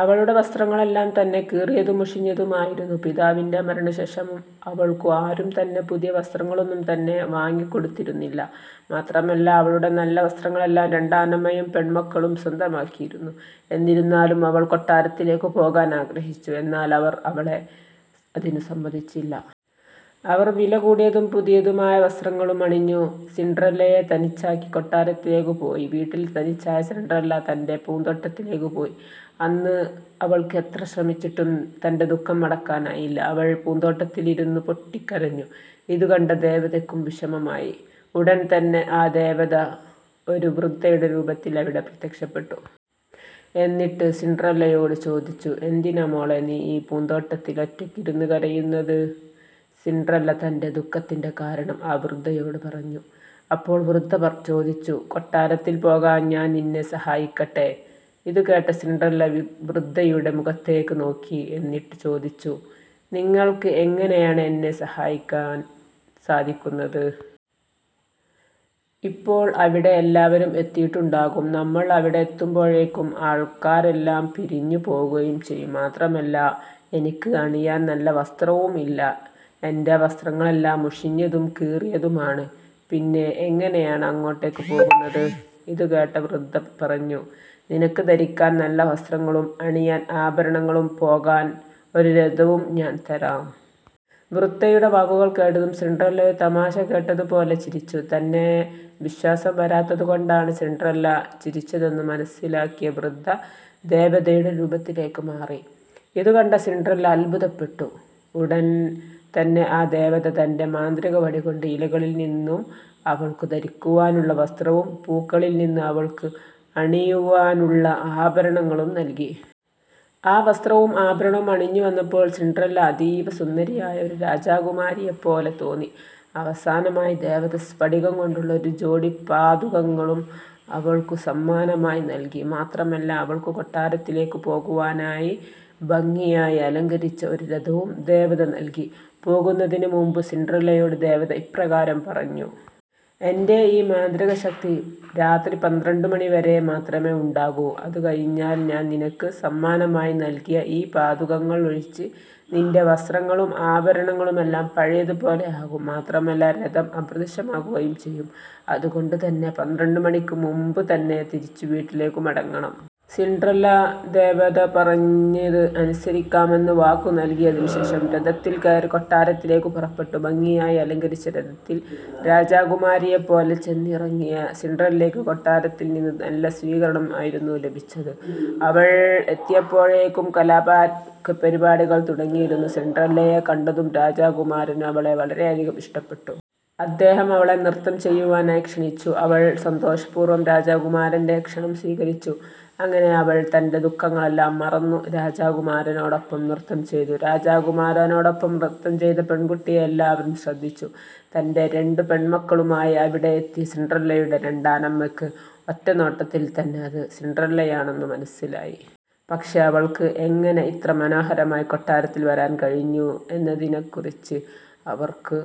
അവളുടെ വസ്ത്രങ്ങളെല്ലാം തന്നെ കീറിയതും മുഷിഞ്ഞതും ആയിരുന്നു. പിതാവിന്റെ മരണശേഷം അവൾക്കു ആരും തന്നെ പുതിയ വസ്ത്രങ്ങളൊന്നും തന്നെ വാങ്ങി കൊടുത്തിരുന്നില്ല. മാത്രമല്ല അവളുടെ നല്ല വസ്ത്രങ്ങളെല്ലാം രണ്ടാനമ്മയും പെൺമക്കളും സ്വന്തമാക്കിയിരുന്നു. എന്നിരുന്നാലും അവൾ കൊട്ടാരത്തിലേക്കു പോകാൻ ആഗ്രഹിച്ചു. എന്നാൽ അവർ അവളെ അതിനു സമ്മതിച്ചില്ല. അവർ വിലകൂടിയതും പുതിയതുമായ വസ്ത്രങ്ങളും അണിഞ്ഞു സിൻഡ്രല്ലയെ തനിച്ചാക്കി കൊട്ടാരത്തിലേക്കു പോയി. വീട്ടിൽ തനിച്ചായ സിൻഡ്രല്ല തന്റെ പൂന്തോട്ടത്തിലേക്ക് പോയി. അന്ന് അവൾക്ക് എത്ര ശ്രമിച്ചിട്ടും തന്റെ ദുഃഖം അടക്കാനായില്ല. അവൾ പൂന്തോട്ടത്തിലിരുന്നു പൊട്ടിക്കരഞ്ഞു. ഇതു കണ്ട ദേവതയ്ക്കും വിഷമമായി. ഉടൻതന്നെ ആ ദേവത ഒരു വൃദ്ധയുടെ രൂപത്തിൽ അവിടെ പ്രത്യക്ഷപ്പെട്ടു. എന്നിട്ട് സിൻഡ്രല്ലയോട് ചോദിച്ചു "എന്തിനാ മകളെ നീ ഈ പൂന്തോട്ടത്തിൽ ഒറ്റയ്ക്കിരുന്നു കരയുന്നത്? " സിൻഡ്രല്ല തന്റെ ദുഖത്തിന്റെ കാരണം ആ വൃദ്ധയോട് പറഞ്ഞു. അപ്പോൾ വൃദ്ധ ചോദിച്ചു "കൊട്ടാരത്തിൽ പോകാൻ ഞാൻ നിന്നെ സഹായിക്കട്ടെ. " ഇതുകേട്ട സിൻഡ്രല്ല വൃദ്ധയുടെ മുഖത്തേക്ക് നോക്കി. എന്നിട്ട് ചോദിച്ചു "നിങ്ങൾക്ക് എങ്ങനെയാണ് എന്നെ സഹായിക്കാൻ സാധിക്കുന്നത്? ഇപ്പോൾ അവിടെ എല്ലാവരും എത്തിയിട്ടുണ്ടാകും. നമ്മൾ അവിടെ എത്തുമ്പോഴേക്കും ആൾക്കാരെല്ലാം പിരിഞ്ഞു പോകുകയും ചെയ്യും. മാത്രമല്ല എനിക്ക് അണിയാൻ നല്ല വസ്ത്രവും ഇല്ല. എന്റെ വസ്ത്രങ്ങളെല്ലാം മുഷിഞ്ഞതും കീറിയതുമാണ്. പിന്നെ എങ്ങനെയാണ് അങ്ങോട്ടേക്ക് പോകുന്നത്? " ഇതുകേട്ട വൃദ്ധ പറഞ്ഞു "നിനക്ക് ധരിക്കാൻ നല്ല വസ്ത്രങ്ങളും അണിയാൻ ആഭരണങ്ങളും പോകാൻ ഒരു രഥവും ഞാൻ തരാം. " വൃദ്ധയുടെ വാക്കുകൾ കേട്ടതും സിൻഡ്രല്ല ഒരു തമാശ കേട്ടതു പോലെ ചിരിച്ചു. തന്നെ വിശ്വാസം വരാത്തത് കൊണ്ടാണ് സിൻഡ്രല്ല ചിരിച്ചതെന്നു മനസ്സിലായ വൃദ്ധ ദേവതയുടെ രൂപത്തിലേക്ക് മാറി. ഇതുകണ്ട സിൻഡ്രല്ല അത്ഭുതപ്പെട്ടു. ഉടൻ തന്നെ ആ ദേവത തന്റെ മാന്ത്രിക വടി കൊണ്ട് ഇലകളിൽ നിന്നും അവൾക്കു ധരിക്കുവാനുള്ള വസ്ത്രവും പൂക്കളിൽനിന്ന് അവൾക്ക് അണിയുവാനുള്ള ആഭരണങ്ങളും നൽകി. ആ വസ്ത്രവും ആഭരണവും അണിഞ്ഞു വന്നപ്പോൾ സിൻഡ്രല്ല അതീവ സുന്ദരിയായ ഒരു രാജകുമാരിയെ പോലെ തോന്നി. അവസാനമായി ദേവത സ്ഫടികം കൊണ്ടുള്ള ഒരു ജോടി പാദുകങ്ങളും അവൾക്കു സമ്മാനമായി നൽകി. മാത്രമല്ല അവൾക്കു കൊട്ടാരത്തിലേക്കു പോകുവാനായി ഭംഗിയായി അലങ്കരിച്ച ഒരു രഥവും ദേവത നൽകി. പോകുന്നതിനു മുൻപ് സിൻഡ്രല്ലയോട് ദേവത ഇപ്രകാരം പറഞ്ഞു. "എന്റെ ഈ മാന്ത്രിക ശക്തി രാത്രി പന്ത്രണ്ടു മണി വരെ മാത്രമേ ഉണ്ടാകൂ. അതു കഴിഞ്ഞാൽ ഞാൻ നിനക്ക് സമ്മാനമായി നൽകിയ ഈ പാദുകങ്ങൾ ഒഴിച്ച് നിന്റെ വസ്ത്രങ്ങളും ആഭരണങ്ങളുമെല്ലാം പഴയതു പോലെ ആകും. മാത്രമല്ല രഥം അപ്രത്യക്ഷമാകുകയും ചെയ്യും. അതുകൊണ്ടു തന്നെ പന്ത്രണ്ടു മണിക്ക് മുൻപ് തന്നെ തിരിച്ചു വീട്ടിലേക്കു മടങ്ങണം. " സിൻഡ്രല്ല ദേവത പറഞ്ഞത് അനുസരിക്കാമെന്നു വാക്ക് നൽകിയതിനു ശേഷം രഥത്തിൽ കയറി കൊട്ടാരത്തിലേക്കു പുറപ്പെട്ടു. ഭംഗിയായി അലങ്കരിച്ച രഥത്തിൽ രാജകുമാരിയെ പോലെ ചെന്നിറങ്ങിയ സിൻഡ്രല്ലയ്ക്ക് കൊട്ടാരത്തിൽ നിന്ന് നല്ല സ്വീകരണം ആയിരുന്നു ലഭിച്ചത്. അവൾ എത്തിയപ്പോഴേക്കും കലാപരിപാടികൾ തുടങ്ങിയിരുന്നു. സിൻഡ്രല്ലയെ കണ്ടതും രാജകുമാരനു അവളെ വളരെയധികം ഇഷ്ടപ്പെട്ടു. അദ്ദേഹം അവളെ നൃത്തം ചെയ്യുവാനായി ക്ഷണിച്ചു. അവൾ സന്തോഷപൂർവം രാജകുമാരന്റെ ക്ഷണം സ്വീകരിച്ചു. അങ്ങനെ അവൾ തന്റെ ദുഖങ്ങളെല്ലാം മറന്നു രാജകുമാരനോടൊപ്പം നൃത്തം ചെയ്തു. രാജകുമാരനോടൊപ്പം നൃത്തം ചെയ്ത പെൺകുട്ടിയെ എല്ലാവരും ശ്രദ്ധിച്ചു. തന്റെ രണ്ടു പെണ്മക്കളുമായി അവിടെ എത്തിയ സിൻഡ്രല്ലയുടെ രണ്ടാനമ്മയ്ക്ക് ഒറ്റ നോട്ടത്തിൽ തന്നെ അത് സിൻഡ്രല്ലയാണെന്നു മനസ്സിലായി. പക്ഷെ അവൾക്ക് എങ്ങനെ ഇത്ര മനോഹരമായി കൊട്ടാരത്തിൽ വരാൻ കഴിഞ്ഞു എന്നതിനെ ക്കുറിച്ച് അവർക്ക്